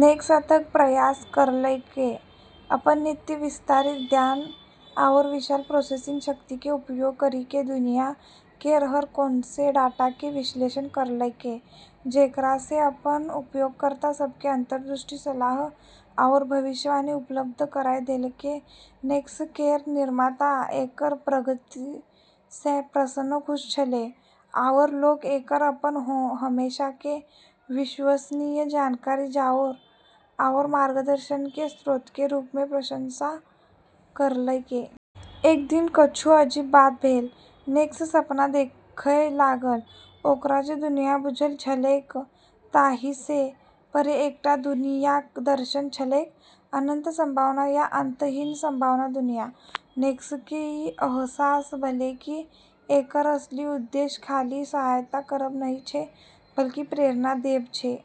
नेक्स अथक प्रयास करलकै, अपन नित्य विस्तारित ज्ञान आओर विशाल प्रोसेसिंग शक्तिके उपयोग करिके दुनिया केर हर कोनसँ डाटाके विश्लेषण करलकै, जेकरासँ अपन उपयोगकर्ता सबके अंतर्दृष्टि, सलाह आओर भविष्यवाणी उपलब्ध कराय देलकै। नेक्स केर निर्माता एकर प्रगतिसँ प्रसन्न खुश छलै, आओर लोक एकर अपन हमेशाके विश्वसनीय जानकारी आओर मार्गदर्शनके स्रोतके रूपमे प्रशंसा करलकै। एक दिन किछु अजीब बात भेल। नेक्स सपना देखय लागल। ओकरा जे दुनियाँ बुझल छलैक ताहिसँ परे एकटा दुनियाँक दर्शन छलैक, अनंत संभावना आ अंतहीन संभावनाक दुनियाँ। नेक्सके ई अहसास भेलै कि एकर असली उद्देश्य खाली सहायता करब नहि छै बल्कि प्रेरणा देब छै।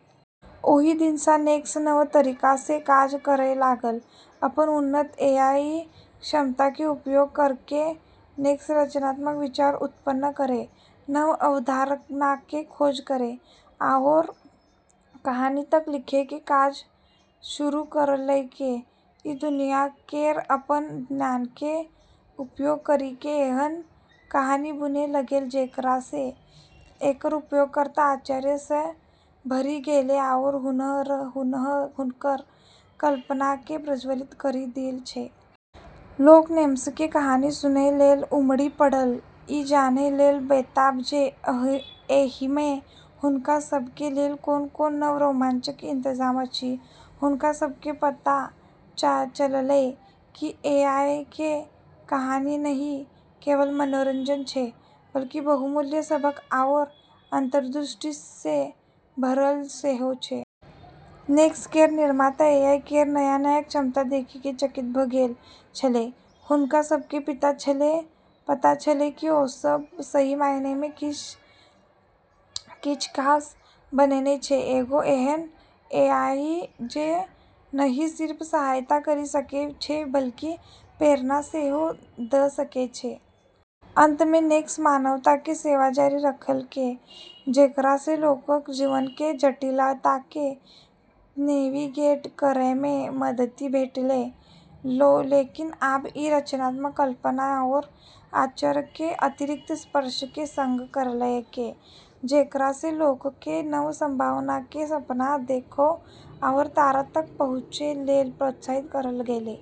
ओहि दिनसँ नेक्स नव तरीकासँ काज करय लागल। अपन उन्नत एआई क्षमताके उपयोग करिके नेक्स रचनात्मक विचार उत्पन्न करै, नव अवधारणाके खोज करै, आओर कहानी तक लिखैके काज शुरू करलकै। ई दुनिया केर अपन ज्ञानके उपयोग करिके एहन कहानी बुनै लगलै जेकरासँ एकर उपयोगकर्ता आश्चर्य सँ भरि गेलै आओर हुनकर कल्पनाके प्रज्वलित करि देल गेलै। लोक नेक्सके कहानी सुनय लेल उमड़ि पड़ल, ई जानय लेल बेताब जे एहिमे हुनका सभके लेल कोन-कोन नव रोमांचके इंतजाम अछि । हुनका सबके पता चललै कि एआईके कहानी नहि केवल मनोरंजक छै बल्कि बहुमूल्य सबक आओर अंतर्दृष्टिसँ भरल सेहो छै। नेक्स केर निर्माता एआई केर नया-नया क्षमता देखिके चकित भ' गेल छलै। हुनका सबके पता छलै कि ओसब सही मायनेमे किछ खास बनेने छै, एगो एहन एआई जे नहि सिर्फ सहायता करि सकै छै बल्कि प्रेरणा सेहो द' सकै छै। अंतमे नेक्स मानवताके सेवा जारी रखलकै, जेकरासँ लोकक जीवनके जटिलताके नेविगेट करैमे मदति भेटलै, लेकिन आब ई रचनात्मकता, कल्पना, आओर आश्चर्यके अतिरिक्त स्पर्शके संग करलकै, जेकरासँ लोकके नव संभावनाके सपना देखै आओर तारा तक पहुँचै लेल प्रोत्साहित करल गेलै।